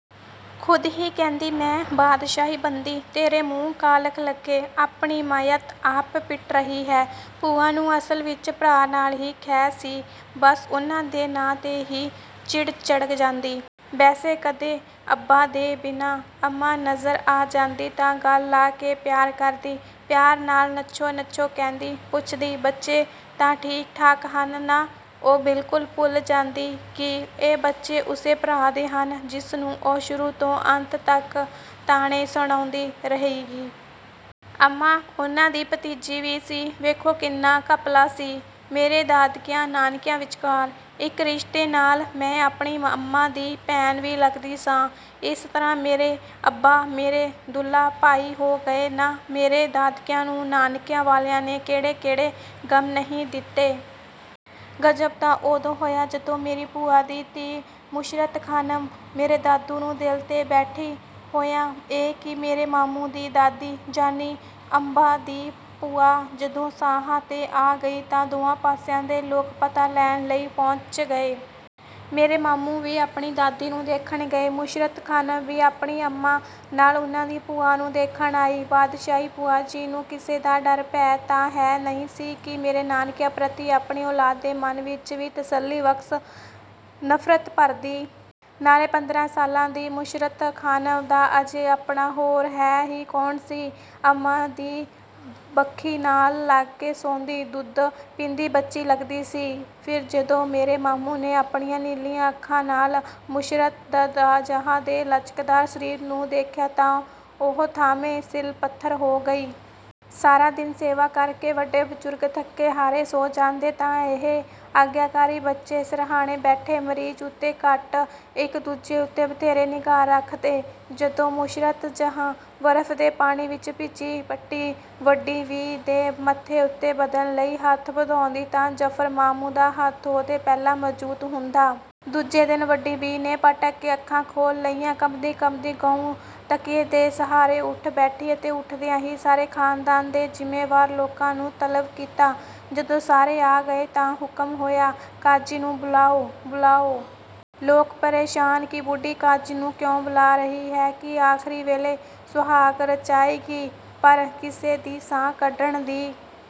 ਖ਼ੁਦ ਹੀ ਕਹਿੰਦੀ, ''ਐ ਬਾਦਸ਼ਾਹੀ ਬੰਦੀ, ਤੇਰੇ ਮੂੰਹ ਕਾਲਖ ਲੱਗੇ। ਆਪਣੀ ਮਈਅਤ ਆਪ ਪਿੱਟ ਰਹੀ ਹੈਂ।'' ਭੂਆ ਨੂੰ ਅਸਲ ਵਿੱਚ ਭਰਾ ਨਾਲ ਹੀ ਖਹਿ ਸੀ। ਬਸ ਉਨ੍ਹਾਂ ਦੇ ਨਾਂ 'ਤੇ ਹੀ ਚਿੜ-ਚੜ੍ਹ ਜਾਂਦੀ। ਵੈਸੇ ਕਦੇ ਅੱਬਾ ਦੇ ਬਿਨਾਂ ਅੰਮਾਂ ਨਜ਼ਰ ਆ ਜਾਂਦੀ ਤਾਂ ਗਲ ਲਾ ਕੇ ਪਿਆਰ ਕਰਦੀ। ਪਿਆਰ ਨਾਲ ''ਨੱਛੋ ਨੱਛੋ'' ਕਹਿੰਦੀ। ਪੁੱਛਦੀ, ''ਬੱਚੇ ਤਾਂ ਠੀਕ-ਠਾਕ ਹਨ ਨਾ?" ਉਹ ਬਿਲਕੁਲ ਭੁੱਲ ਜਾਂਦੀ ਕਿ, ਇਹ ਬੱਚੇ ਉਸੇ ਭਰਾ ਦੇ ਹਨ ਜਿਸ ਨੂੰ ਉਹ ਸ਼ੁਰੂ ਤੋਂ ਅੰਤ ਤੱਕ ਤਾਣੇ ਸੁਣਾਉਂਦੀ ਰਹੇਗੀ। ਅੰਮਾਂ ਉਨ੍ਹਾਂ ਦੀ ਭਤੀਜੀ ਵੀ ਸੀ - ਵੇਖੋ ਕਿੰਨਾ ਘਪਲਾ ਸੀ ਮੇਰੇ ਦਾਦਕਿਆਂ, ਨਾਨਕਿਆਂ ਵਿਚਕਾਰ! ਇੱਕ ਰਿਸ਼ਤੇ ਨਾਲ ਮੈਂ ਆਪਣੀ ਅੰਮਾਂ ਦੀ ਭੈਣ ਵੀ ਲੱਗਦੀ ਸਾਂ। ਇਸ ਤਰ੍ਹਾਂ ਮੇਰੇ ਅੱਬਾ ਮੇਰੇ ਦੂਲਹਾ ਭਾਈ ਹੋ ਗਏ ਨਾ ਮੇਰੇ ਦਾਦਕਿਆਂ ਨੂੰ ਨਾਨਕਿਆਂ ਵਾਲਿਆਂ ਨੇ ਕਿਹੜੇ-ਕਿਹੜੇ ਗ਼ਮ ਨਹੀਂ ਦਿੱਤੇ। ਗ਼ਜ਼ਬ ਤਾਂ ਉਦੋਂ ਹੋਇਆ ਜਦੋਂ ਮੇਰੀ ਭੂਆ ਦੀ ਧੀ ਮੁਸੱਰਤ ਖ਼ਾਨਮ ਮੇਰੇ ਮਾਮੂ ਨੂੰ ਦਿਲ ਦੇ ਬੈਠੀ। ਹੋਇਆ ਇਹ ਕਿ ਮੇਰੇ ਮਾਮੂ ਦੀ ਦਾਦੀ, ਯਾਨੀ ਅੱਬਾ ਦੀ ਭੂਆ ਜਦੋਂ ਸਾਹਾਂ 'ਤੇ ਆ ਗਈ ਤਾਂ ਦੋਵਾਂ ਪਾਸਿਆਂ ਦੇ ਲੋਕ ਪਤਾ ਲੈਣ ਲਈ ਪਹੁੰਚ ਗਏ। ਮੇਰੇ ਮਾਮੂ ਵੀ ਆਪਣੀ ਦਾਦੀ ਨੂੰ ਦੇਖਣ ਗਏ। ਮੁਸੱਰਤ ਖ਼ਾਨਮ ਵੀ ਆਪਣੀ ਅੰਮਾਂ ਨਾਲ ਉਨ੍ਹਾਂ ਦੀ ਭੂਆ ਨੂੰ ਦੇਖਣ ਆਈ। ਬਾਦਸ਼ਾਹੀ ਭੂਆ ਨੂੰ ਕਿਸੇ ਦਾ ਡਰ-ਭੈਅ ਤਾਂ ਹੈ ਨਹੀਂ ਸੀ ਕਿ ਮੇਰੇ ਨਾਨਕਿਆਂ ਪ੍ਰਤੀ ਆਪਣੀ ਔਲਾਦ ਦੇ ਮਨ ਵਿੱਚ ਵੀ ਤਸੱਲੀਬਖ਼ਸ਼ ਨਫ਼ਰਤ ਭਰਦੀ। ਨਾਲੇ ਪੰਦਰਾਂ ਸਾਲ ਦੀ ਮੁਸੱਰਤ ਖ਼ਾਨਮ ਦਾ ਅਜੇ ਆਪਣਾ ਹੋਰ ਹੈ ਹੀ ਕੌਣ ਸੀ। ਅੰਮਾਂ ਦੀ ਵੱਖੀ ਨਾਲ ਲੱਗ ਕੇ ਸੌਂਦੀ, ਦੁੱਧ ਪੀਂਦੀ ਬੱਚੀ ਲੱਗਦੀ ਸੀ। ਫਿਰ ਜਦੋਂ ਮੇਰੇ ਮਾਮੂ ਨੇ ਆਪਣੀਆਂ ਨੀਲੀਆਂ ਅੱਖਾਂ ਨਾਲ ਮੁਸੱਰਤ ਜਹਾਂ ਦੇ ਲਚਕਦਾਰ ਸਰੀਰ ਨੂੰ ਦੇਖਿਆ ਤਾਂ ਉਹ ਥਾਂਵੇਂ ਸਿਲ-ਪੱਥਰ ਹੋ ਗਈ। ਸਾਰਾ ਦਿਨ ਸੇਵਾ ਕਰ ਕੇ ਵੱਡੇ ਬਜ਼ੁਰਗ ਥੱਕੇ-ਹਾਰੇ ਸੌਂ ਜਾਂਦੇ ਤਾਂ ਇਹ ਆਗਿਆਕਾਰੀ ਬੱਚੇ ਸਿਰਹਾਣੇ ਬੈਠੇ, ਮਰੀਜ਼ ਉੱਤੇ ਘੱਟ, ਇੱਕ-ਦੂਜੇ ਉੱਤੇ ਵਧੇਰੇ ਨਿਗਾਹ ਰੱਖਦੇ। ਜਦੋਂ ਮੁਸੱਰਤ ਜਹਾਂ ਬਰਫ਼ ਦੇ ਪਾਣੀ ਵਿੱਚ ਭਿੱਜੀ ਪੱਟੀ ਵੱਡੀ ਬੀ ਦੇ ਮੱਥੇ ਉੱਤੇ ਬਦਲਣ ਲਈ ਹੱਥ ਵਧਾਉਂਦੀ ਤਾਂ ਜਫ਼ਰ ਮਾਮੂ ਦਾ ਹੱਥ ਉੱਥੇ ਪਹਿਲਾਂ ਮੌਜੂਦ ਹੁੰਦਾ। ਦੂਜੇ ਦਿਨ ਵੱਡੀ ਬੀ ਨੇ ਪਟਕ ਕਰ ਕੇ ਅੱਖਾਂ ਖੋਲ੍ਹ ਲਈਆਂ। ਕੰਬਦੀ-ਕੰਬਦੀ ਗਾਉ ਤਕੀਏ ਦੇ ਸਹਾਰੇ ਉੱਠ ਬੈਠੀ ਅਤੇ ਉੱਠਦਿਆਂ ਹੀ ਸਾਰੇ ਖ਼ਾਨਦਾਨ ਦੇ ਜ਼ਿੰਮੇਵਾਰ ਲੋਕਾਂ ਨੂੰ ਤਲਬ ਕੀਤਾ। ਜਦੋਂ ਸਾਰੇ ਆ ਗਏ ਤਾਂ ਹੁਕਮ ਹੋਇਆ, ''ਕਾਜ਼ੀ ਨੂੰ ਬੁਲਾਓ''ਬੁਲਾਓ।" ਲੋਕ ਪਰੇਸ਼ਾਨ ਕਿ ਬੁੱਢੀ ਕਾਜ਼ੀ ਨੂੰ ਕਿਉਂ ਬੁਲਾ ਰਹੀ ਹੈ। ਕੀ ਆਖ਼ਰੀ ਵੇਲੇ ਸੁਹਾਗ ਰਚਾਏਗੀ? ਪਰ ਕਿਸੇ ਦੀ ਸਾਹ ਕੱਢਣ ਦੀ